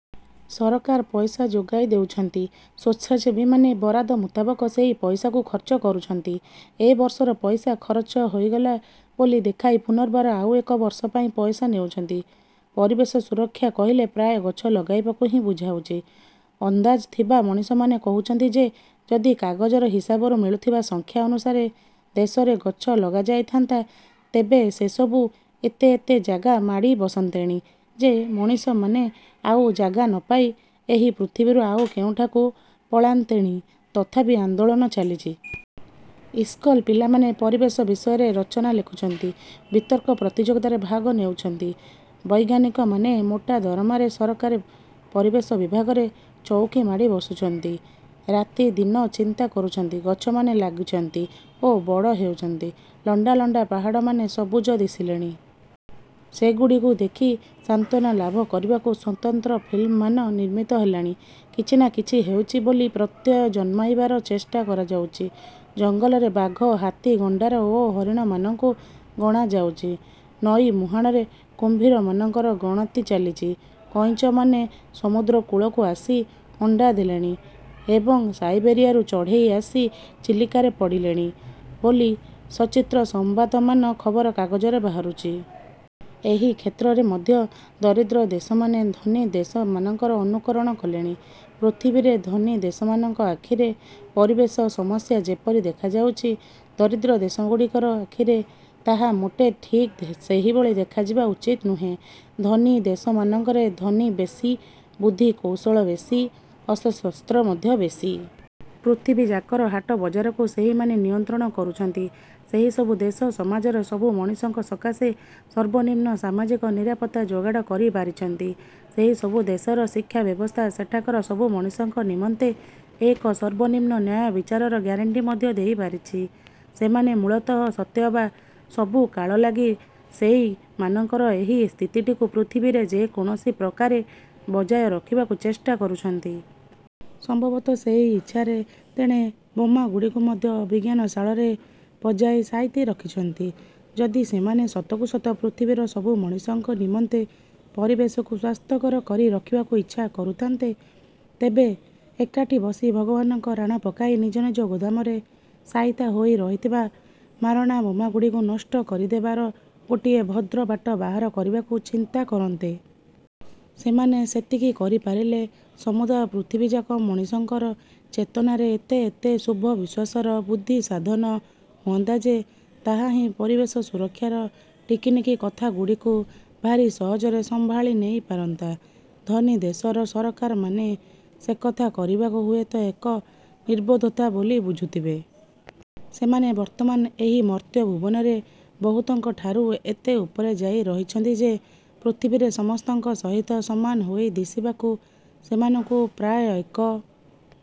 ସରକାର ପଇସା ଯୋଗାଇ ଦେଉଚନ୍ତି, ସେଚ୍ଛାସେବୀମାନେ ବରାଦ ମୁତାବକ ସେହି ପଇସାକୁ ଖର୍ଚ୍ଚ କରୁଚନ୍ତି। ଏବର୍ଷର ପଇସା ଖରଚ ହୋଇଗଲା ବୋଲି ଦେଖାଇ ପୁନର୍ବାର ଆଉ ଏକ ବର୍ଷ ପାଇଁ ପଇସା ନେଉଚନ୍ତି। ପରିବେଶ ସୁରକ୍ଷା କହିଲେ ପ୍ରାୟ ଗଛ ଲଗାଇବାକୁ ହିଁ ବୁଝାଉଛି। ଅନ୍ଦାଜ ଥିବା ମଣିଷମାନେ କହୁଛନ୍ତି ଯେ ଯଦି କାଗଜର ହିସାବରୁ ମିଳୁଥିବା ସଂଖ୍ୟା ଅନୁସାରେ ଦେଶରେ ଗଛ ଲଗାଯାଇଥାନ୍ତା, ତେବେ ସେସବୁ ଏତେ ଏତେ ଜାଗା ମାଡ଼ି ବସନ୍ତେଣି ଯେ, ମଣିଷମାନେ ଆଉ ଜାଗା ନପାଇ ଏହି ପୃଥିବୀରୁ ଆଉ କେଉଁଠାକୁ ପଳାନ୍ତେଣି, ତଥାପି ଆନ୍ଦୋଳନ ଚାଲିଛି। ଇସ୍କୁଲ ପିଲାମାନେ ପରିବେଶ ବିଷୟରେ ରଚନା ଲେଖୁଚନ୍ତି। ବିତର୍କ ପ୍ରତିଯୋଗିତାରେ ଭାଗ ନେଉଚନ୍ତି। ବୈଜ୍ଞାନିକମାନେ ମୋଟା ଦରମାରେ ସରକାରୀ ପରିବେଶ ବିଭାଗରେ ଚଉକୀ ମାଡ଼ି ବସୁଛନ୍ତି, ରାତି ଦିନ ଚିନ୍ତା କରୁଚନ୍ତି। ଗଛମାନେ ଲାଗୁଛନ୍ତି ଓ ବଡ଼ ହେଉଚନ୍ତି। ଲଣ୍ଡା ଲଣ୍ଡା ପାହାଡ଼ମାନେ ସବୁଜ ଦିଶିଲେଣି। ସେଗୁଡ଼ିକୁ ଦେଖି ସାନ୍ତ୍ୱନା ଲାଭ କରିବାକୁ ସ୍ୱତନ୍ତ୍ର ଫିଲ୍ମମାନ ନିର୍ମିତ ହେଲାଣି। କିଛି ନା କିଛି ହେଉଛି ବୋଲି ପ୍ରତ୍ୟୟ ଜନ୍ମାଇବାର ଚେଷ୍ଟା କରାଯାଉଛି। ଜଙ୍ଗଲରେ ବାଘ, ହାତୀ, ଗଣ୍ଡାର ଓ ହରିଣମାନଙ୍କୁ ଗଣାଯାଉଛି। ନଈମୁହାଣରେ କୁମ୍ଭୀରମାନଙ୍କର ଗଣତି ଚାଲିଛି। କଇଁଛମାନେ ସମୁଦ୍ର କୂଳକୁ ଆସି ଅଣ୍ଡା ଦେଲେଣି ଏବଂ ସାଇବେରିଆରୁ ଚଢ଼େଇ ଆସି ଚିଲିକାରେ ପଡ଼ିଲେଣି ବୋଲି ସଚିତ୍ର ସମ୍ବାଦମାନ ଖବରକାଗଜରେ ବାହାରୁଛି। ଏହି କ୍ଷେତ୍ରରେ ମଧ୍ୟ ଦରିଦ୍ର ଦେଶମାନେ ଧନୀ ଦେଶମାନଙ୍କର ଅନୁକରଣ କଲେଣି। ପୃଥିବୀରେ ଧନୀ ଦେଶମାନଙ୍କ ଆଖିରେ ପରିବେଶ ସମସ୍ୟା ଯେପରି ଦେଖାଯାଉଛି, ଦରିଦ୍ର ଦେଶଗୁଡ଼ିକର ଆଖିରେ ତାହା ମୋଟେ ଠିକ୍ ସେହିଭଳି ଦେଖାଯିବା ଉଚିତ ନୁହେଁ। ଧନୀ ଦେଶମାନଙ୍କରେ ଧନୀ ବେଶୀ, ବୁଦ୍ଧି କୌଶଳ ବେଶୀ, ଅସ୍ତ୍ରଶସ୍ତ୍ର ମଧ୍ୟ ବେଶୀ। ପୃଥିବୀଯାକର ହାଟବଜାରକୁ ସେହିମାନେ ନିୟନ୍ତ୍ରଣ କରୁଛନ୍ତି। ସେହିସବୁ ଦେଶ ସମାଜରେ ସବୁ ମଣିଷଙ୍କ ସକାଶେ ସର୍ବନିମ୍ନ ସାମାଜିକ ନିରାପତ୍ତା ଯୋଗାଡ଼ କରି ପାରିଛନ୍ତି ଏବଂ ସେହିସବୁ ଦେଶର ଶିକ୍ଷାବ୍ୟବସ୍ଥା ସେଠାକାର ସବୁ ମଣିଷଙ୍କ ନିମନ୍ତେ ଏକ ସର୍ବନିମ୍ନ ନ୍ୟାୟବିଚାରର ଗ୍ୟାରେଣ୍ଟି ମଧ୍ୟ ଦେଇପାରିଛି। ସେମାନେ ମୂଳତଃ ସତେଅବା ସବୁ କାଳ ଲାଗି ସେଇମାନଙ୍କର ଏହି ସ୍ଥିତିଟିକୁ ପୃଥିବୀରେ ଯେକୌଣସି ପ୍ରକାରେ ବଜାୟ ରଖିବାକୁ ଚେଷ୍ଟା କରୁଛନ୍ତି। ସମ୍ଭବତଃ ସେହି ଇଚ୍ଛାରେ ତେଣେ ବୋମାଗୁଡ଼ିକୁ ମଧ୍ୟ ବିଜ୍ଞାନଶାଳରେ ପଜାଇ ସାଇତି ରଖିଛନ୍ତି। ଯଦି ସେମାନେ ସତକୁ ସତ ପୃଥିବୀର ସବୁ ମଣିଷଙ୍କ ନିମନ୍ତେ ପରିବେଶକୁ ସ୍ୱାସ୍ଥ୍ୟକର କରି ରଖିବାକୁ ଇଚ୍ଛା କରୁଥାନ୍ତେ, ତେବେ ଏକାଠି ବସି ଭଗବାନଙ୍କ ରାଣ ପକାଇ ନିଜ ନିଜ ଗୋଦାମରେ ସାଇତା ହୋଇ ରହିଥିବା ମାରଣା ବୋମାଗୁଡ଼ାକୁ ନଷ୍ଟ କରିଦେବାର ଗୋଟାଏ ଭଦ୍ର ବାଟ ବାହାର କରିବାକୁ ଚିନ୍ତା କରନ୍ତେ। ସେମାନେ ସେତିକି କରିପାରିଲେ ସମୁଦାୟ ପୃଥିବୀଯାକ ମଣିଷଙ୍କର ଚେତନାରେ ଏତେ ଏତେ ଶୁଭ ବିଶ୍ୱାସର ବୃଦ୍ଧିସାଧନ ହୁଅନ୍ତା ଯେ, ତାହା ହିଁ ପରିବେଶ ସୁରକ୍ଷାର ଟିକିନିଖି କଥାଗୁଡ଼ିକୁ ଭାରି ସହଜରେ ସମ୍ଭାଳି ନେଇପାରନ୍ତା। ଧନୀ ଦେଶର ସରକାରମାନେ ସେକଥା କରିବାକୁ ହୁଏତ ଏକ ନିର୍ବୋଧତା ବୋଲି ବୁଝୁଥିବେ। ସେମାନେ ବର୍ତ୍ତମାନ ଏହି ମର୍ତ୍ତ୍ୟଭୁବନରେ ବହୁତଙ୍କ ଠାରୁ ଏତେ ଉପରେ ଯାଇ ରହିଛନ୍ତି ଯେ ପୃଥିବୀରେ ସମସ୍ତଙ୍କ ସହିତ ସମାନ ହୋଇ ଦିଶିବାକୁ ସେମାନଙ୍କୁ ପ୍ରାୟ ଏକ